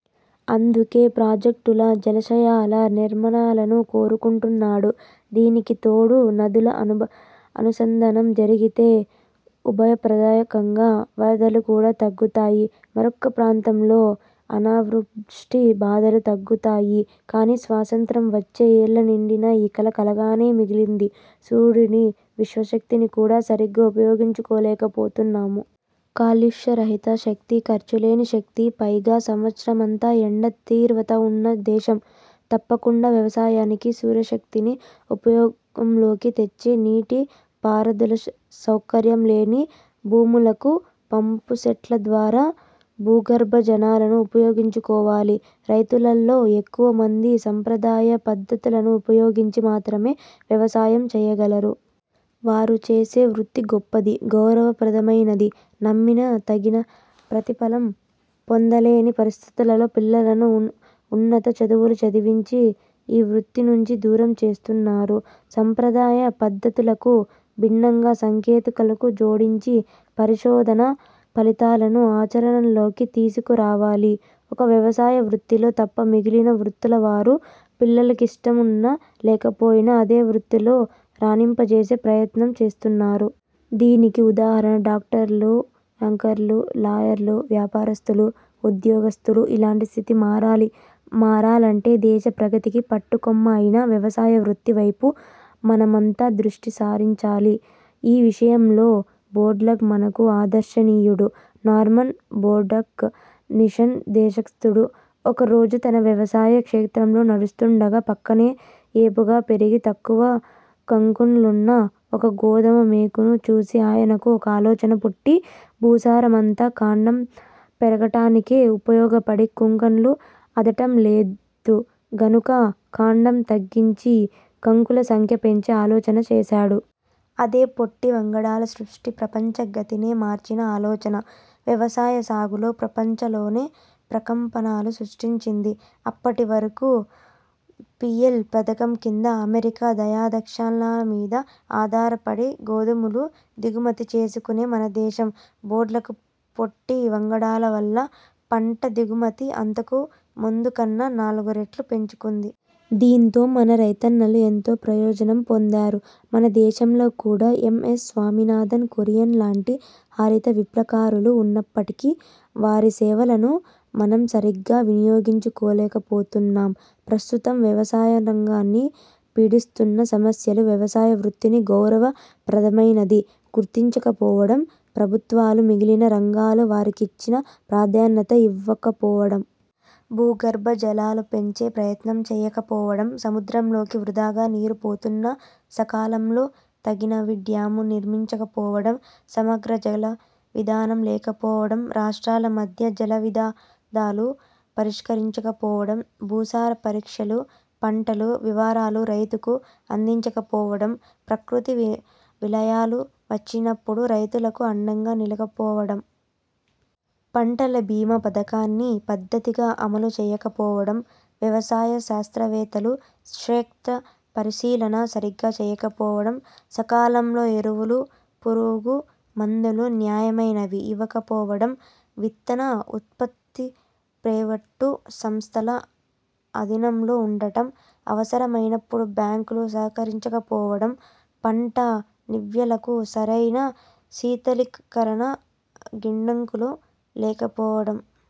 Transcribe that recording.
అందుకే ప్రాజెక్టులు, జలాశయాల నిర్మాణాలను కోరుకుంటున్నాడు. దీనికి తోడు నదుల అనుసంధానం జరిగితే ఉభయ ప్రదాయకంగా వరదలు కూడా తగ్గుతాయి. మరొక ప్రాంతంలో అనావృష్ఠి బాధలు తగ్గుతాయి. కానీ స్వాతంత్ర్యం వచ్చి యేళ్ళు నిండినా ఈ కల కలగానే మిగిలింది. సూర్యుని విశ్వశక్తిని కూడా సరిగా ఉపయోగించుకోలేక పోతున్నాము. కాలుష్యరహిత శక్తి, ఖర్చులేని శక్తి. పైగా సంవత్సరమంతా ఎండ తీవ్రత ఉన్న దేశం. తప్పకుండా వ్యవసాయానికి సూర్యశక్తిని ఉపయోగంలోకి తెచ్చి నీటి పారుదల సౌకర్యం లేని భూములకు పంపుసెట్ల ద్వారా భూగర్భ జలాలను ఉపయోగించుకోవాలి. రైతులలో ఎక్కువ మంది సాంప్రదాయ పద్ధతులను ఉపయోగించి మాత్రమే వ్యవసాయం చెయ్యగలరు. వారు చేసే వృత్తి గొప్పది, గౌరవ ప్రదమైనదని నమ్మినా తగిన ప్రతిఫలం పొందలేని పరిస్ధితులలో పిల్లలను ఉన్నత చదువులు చదివించి ఈ వృత్తి నుంచి దూరం చేస్తున్నారు. సాంప్రదాయ పద్ధతులకు భిన్నంగా సాంకేతికతను జోడించి, పరిశోధనా ఫలితాలను ఆచరణలోకి తీసుకురావాలి. ఒక్క వ్యవసాయ వృత్తిలో తప్ప మిగిలిన వృత్తులవారు, పిల్లలకిష్టమున్నా లేకపోయినా అదే వృత్తిలో రాణింపజేసే ప్రయత్నం చేస్తున్నారు. దీనికి ఉదాహరణ డాక్టర్లు, యాక్టర్లు, లాయర్లు, వ్యాపారస్తులు, ఉద్యోగస్తులు. ఇలాంటి స్థితి మారాలి. మారాలంటే దేశ ప్రగతికి పట్టుకొమ్మ అయిన వ్యవసాయ వృత్తి వైపు మనమంతా దృష్టిసారించాలి. ఈ విషయంలో బోర్లాగ్ మనకు ఆదర్శనీయుడు. నార్మన్ బోర్లాగ్ మెక్సికన్ దేశస్థుడు. ఒక రోజు తన వ్యవసాయ క్షేత్రంలో నడుస్తుండగా పక్కనే ఏపుగా పెరిగి తక్కువ కంకులున్న ఒక గోధుమ మొక్కను చూసి ఆయనకు ఒక ఆలోచన పుట్టి, భూసారమంతా కాండం పెరగటానికే ఉపయోగపడి కంకులకు అందటం లేదు గనుక కాండం తగ్గించి కంకుల సంఖ్య పెంచే ఆలోచన చేసాడు. అదే పొట్టి వంగడాల సృష్టి. ప్రపంచ గతినే మార్చిన ఆలోచన. వ్యవసాయ సాగులో ప్రపంచలోనే ప్రకంపనాలు సృష్టించింది. అప్పటివరకూ పీఎల్– పథకం కింద అమెరికా దయాదాక్షిణ్యాల మీద అధారపడి గోధుమలు దిగుమతి చేసుకునే మన దేశం బోర్లాగ్ పొట్టి వంగడాల వల్ల పంట దిగుమతి అంతకు ముందు కన్నా నాలుగురెట్లు పెంచుకుంది. దీంతో మన రైతన్నలు ఎంతో ప్రయోజనం పొందారు. మన దేశంలో కూడా యం. యస్. స్వామినాథన్, కురియన్ లాంటి హరిత విప్లవకారులు ఉన్నప్పటికీ వారిసేవలను మనం సరిగ్గా వినియోగించుకోలేకపోతున్నాం. ప్రస్తుతం వ్యవసాయరంగాన్ని పీడిస్తున్న సమస్యలు వ్యవసాయ వృత్తిని గౌరవ ప్రదమైనదని గుర్తించకపోవడం. ప్రభుత్వాలు మిగిలిన రంగాల వారికిచ్చిన ప్రాధాన్యత ఇవ్వకపోవడం. భూగర్భ జలాలు పెంచే ప్రయత్నం చేయకపోవడం. సముద్రంలోకి వృథాగా నీరు పోతున్నా సకాలంలో తగినన్ని డ్యామ్లు నిర్మించకపోవడం. సమగ్ర జల విధానం లేకపోవడం, రాష్ట్రాల మధ్య జలవివాదాలు పరిష్కరించకపోవడం. భూసార పరీక్షలు, పంటల వివరాలు రైతులకు అందించకపోవడం. ప్రకృతి విలయాలు వచ్చినప్పుడు రైతులకు అండగా నిలవకపోవడం. పంటల బీమా పథకాన్ని పద్ధతిగా అమలు చేయకపోవడం. వ్యవసాయ శాస్త్రవేత్తలు క్షేత్ర పరిశీలన సరిగా చేయకపోవడం. సకాలంలో ఎరువులు, పురుగు మందులు నాణ్యమైనవి ఇవ్వకపోవడం. విత్తన ఉత్పత్తి ప్రైవేటు సంస్థల ఆధీనంలో ఉండటం. అవసరమైనప్పుడు బ్యాంకులు సహకరించకపోవడం. పంట నిల్వలకు సరియైన శీతలీకరణ గిడ్డంగులు లేకపోవడం.